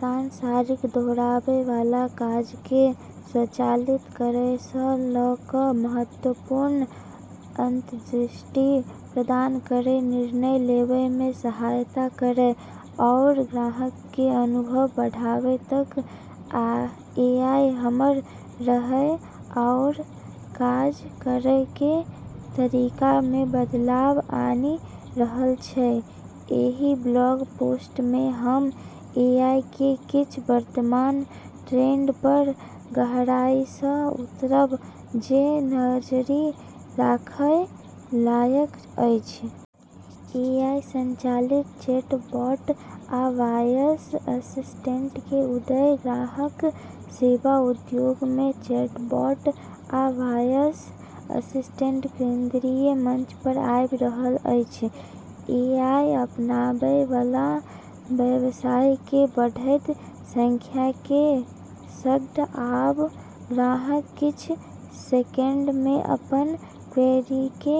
सांसारिक, दोहराबै वाला काजके स्वचालित करैसँ ल' क' महत्वपूर्ण अंतर्दृष्टि प्रदान करै, निर्णय लेबैमे सहायता करै, आओर ग्राहकके अनुभव बढ़ाबै तक, एआई हमर रहै आओर काज करैके तरीकामे बदलाव आनि रहल छै। एहि ब्लॉग पोस्ट मे हम एआईके किछ वर्तमान ट्रेंड पर गहराइसँ उतरब जे नजरि राखय लायक अछि । एआई संचालित चैटबॉट आ वॉयस असिस्टेंटके उदय: ग्राहक सेवा उद्योगमे चैटबॉट आ वॉयस असिस्टेंट केंद्रीय मंच पर आबि रहल अछि एआई अपनाबैबला व्यवसायके बढ़ैत संख्याके सङ्ग आब ग्राहक किछ सेकंडमे अपन क्वेरीके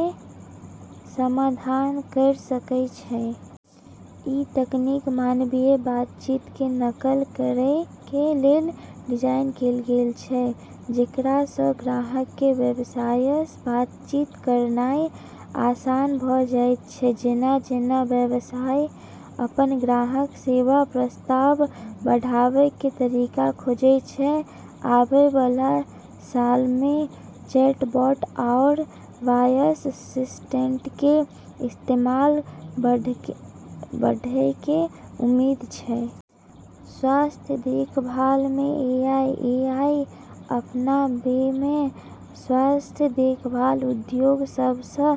समाधान करि सकै छै। ई तकनीक मानवीय बातचीतके नकल करैके लेल डिजाइन कैल गेल छै, जेकरासँ ग्राहकके व्यवसायसँ बातचीत करनाइ आसान भ' जाइत छै । जेना -जेना व्यवसाय अपन ग्राहक सेवा प्रस्ताव बढ़ाबैके तरीका खोजै छै, आबैबला सालमे चैटबॉट आओर वॉयस असिस्टेंटके इस्तेमाल बढ़ैके उम्मीद छै। स्वास्थ्य देखभालमे एआई: एआई अपनाबैमे स्वास्थ्य देखभाल उद्योग सबसँ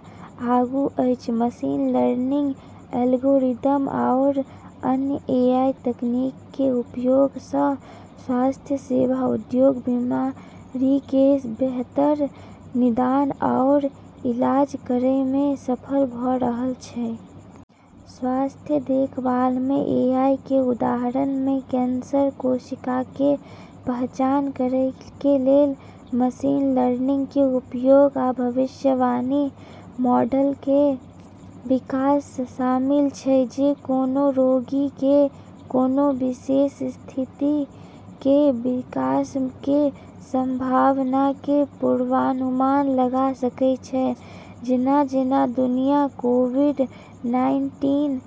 आगू अछि । मशीन लर्निंग एल्गोरिदम आओर अन्य एआई तकनीकके उपयोगसँ स्वास्थ्य सेवा उद्योग बीमारीके बेहतर निदान आओर इलाज करैमे सफल भ' रहल छै। स्वास्थ्य देखभालमे एआईके उदाहरणमे कैंसर कोशिकाके पहचान करैके लेल मशीन लर्निंगके उपयोग, आ भविष्यवाणी मॉडलके विकास शामिल छै जे कोनो रोगीके कोनो विशेष स्थितिके विकासके संभावनाके पूर्वानुमान लगा सकै छै । जेना-जेना दुनिया कोविड-नाइन्टीन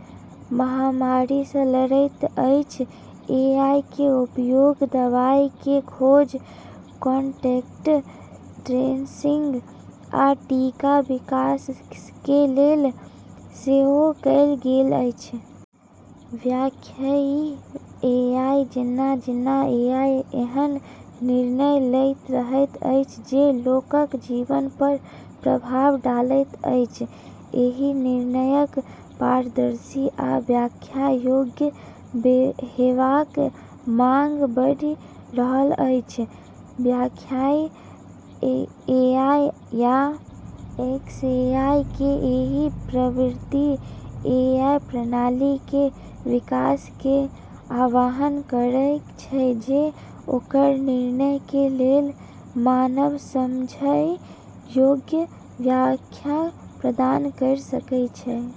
महामारीसँ लड़ैत अछि, एआईके उपयोग दवाईके खोज, कोन्टैक्ट ट्रेसिंग, आ टीका विकासके लेल सेहो कएल गेल अछि । व्याख्यीय एआई: जेना-जेना एआई एहन निर्णय लैत रहैत अछि जे लोकक जीवन पर प्रभाव डालैत अछि, एहि निर्णयक पारदर्शी आ व्याख्या योग्य हेबाक मांग बढ़ि रहल अछि। "व्याख्यीय एआई" या "एक्सएआई" के एहि प्रवृत्ति एआई प्रणालीके विकासके आह्वान करय छै जे ओकर निर्णयके लेल मानव-समझइ योग्य व्याख्या प्रदान करि सकै छै ।